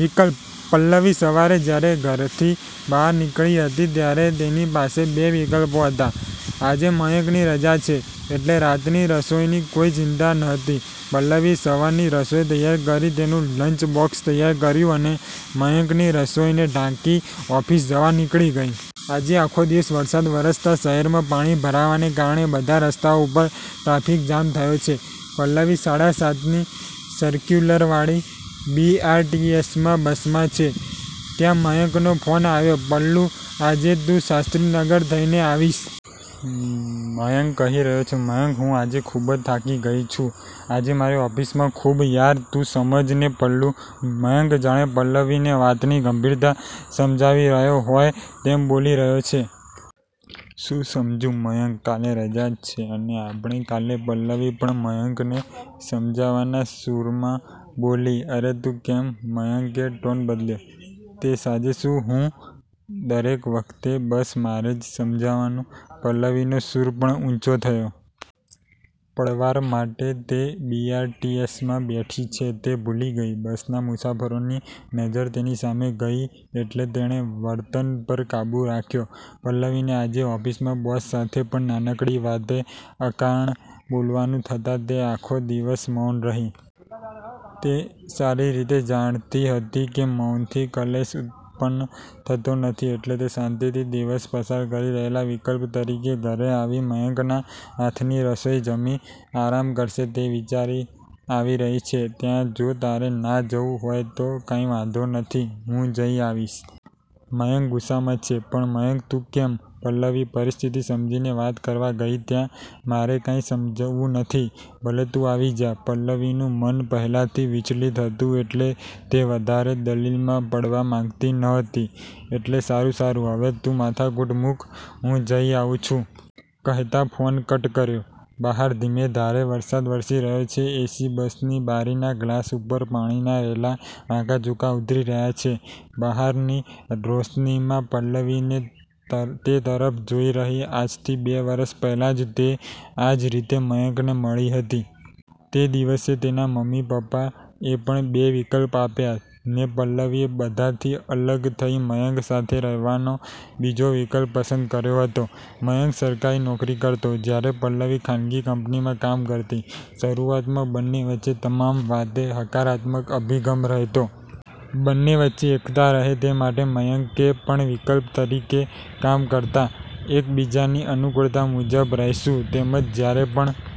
વિકલ્પ: પલ્લવી સવારે જ્યારે ઘરથી બહાર નીકળી હતી ત્યારે તેની પાસે બે વિકલ્પો હતા! આજે મયંકની રજા છે, એટલે રાતની રસોઈની કોઈ ચિંતા નહોતી. પલ્લવીએ સવારની રસોઈ તૈયાર કરી તેનું લન્ચબોક્સ તૈયાર કર્યું અને મયંકની રસોઈને ઢાંકી ઓફીસ જવા નીકળી ગઈ. આજે આખો દિવસ વરસાદ વરસતા શહેરમાં પાણી ભરાવાને કારણે બધા રસ્તાઓ ઉપર ટ્રાફિક જામ થયો છે. પલ્લવી સાડા સાત ની સરક્યુલરવાળી બી.આર.ટી.એસ. બસમાં છે. ત્યાં મયંકનો ફોન આવ્યો, "પલ્લુ, આજે તું શાસ્ત્રીનગર થઈને આવીશ?" મયંક કહી રહ્યો છે. "મયંક હું આજે ખૂબ જ થાકી ગઈ છું. આજે મારે ઓફીસમાં ખૂબ." "યાર તું સમજ ને પલ્લુ." મયંક જાણે પલ્લવવીને વાતની ગંભીરતા સમજાવી રહ્યો હોય તેમ બોલી રહ્યો છે! "શું સમજુ મયંક? કાલે રજા જ છે, અને આપણે કાલે," પલ્લવી પણ મયંકને સમજાવવાના સૂરમાં બોલી.અરે તું કેમ? મયંકે ટોન બદલ્યો. તે સાથે "શું, હું? દરેક વખતે બસ મારે જ સમજાવાનું? પલ્લવીનો સૂર પણ ઉંચો થયો. પળવાર માટે તે બી.આર.ટી.એસ.માં બેઠી છે તે ભૂલી ગઈ. બસના મુસાફરોની નજર તેની સામે ગઈ એટલે તેણે વર્તન પર કાબૂ રાખ્યો. પલ્લવીને આજે ઓફિસમાં બોસ સાથે પણ નાનકડી વાતે અકારણ બોલવાનું થતા તે આખો દિવસ મૌન રહી. તે સારી રીતે જાણતી હતી કે મૌનથી ક્લેશ ઉતપન્ન થતો નથી, એટલે તે શાંતિથી દિવસ પસાર કરી પહેલા વિકલ્પ તરીકે ઘરે આવી મયંકના હાથની રસોઈ જમી, આરામ કરશે તે વિચારે આવી રહી છે, ત્યાં, "જો તારે ના જવું હોય તો કાંઈ વાંધો નથી હું જઈ આવીશ." મયંક ગુસ્સામાં છે. "પણ મયંક તું કેમ?" પલ્લવી પરિસ્થિતિ સમજીને વાત કરવા ગઈ ત્યાં, "મારે કાંઈ સમજવું નથી, ભલે તું આવી જા". પલ્લવીનું મન પહેલાથી વિચલિત હતું એટલે તે વધારે દલીલમાં પડવા માંગતી નહોતી એટલે, "સારું-સારું હવે, તું માથાકૂટ મૂક, હું જઈ આવું છું". કહેતા ફોન કટ કર્યો. બહાર ધીમી ધારે વરસાદ વરસી રહ્યો છે. એ.સી. બસની બારીના ગ્લાસ ઊપર પાણીના રેલા વાંકાચૂકા ઊતરી રહ્યા છે. બહારની રોશનીમાં પલ્લવી તે તરફ જોઈ રહી. આજથી બે વરસ પહેલાં જ તે આજ રીતે મયંકને મળી હતી. તે દિવસે તેના મમ્મી-પપ્પા એ પણ બે વિકલ્પ આપ્યા, ને પલ્લવીએ બધાથી અલગ થઈ મયંક સાથે રહેવાનો બીજો વિકલ્પ પસંદ કર્યો હતો. મયંક સરકારી નોકરી કરતો, જયારે પલ્લવી ખાનગી કંપનીમાં કામ કરતી. શરૂઆતમાં બંને વચ્ચે તમામ વાતે હકારાત્મક અભિગમ રહેતો. બંને વચ્ચે એકતા રહે તે માટે મયંકે પણ વિકલ્પ તરીકે કામ કરતા એક બીજાની અનુકૂળતા મુજબ રહેશું, તેમજ જ્યારે પણ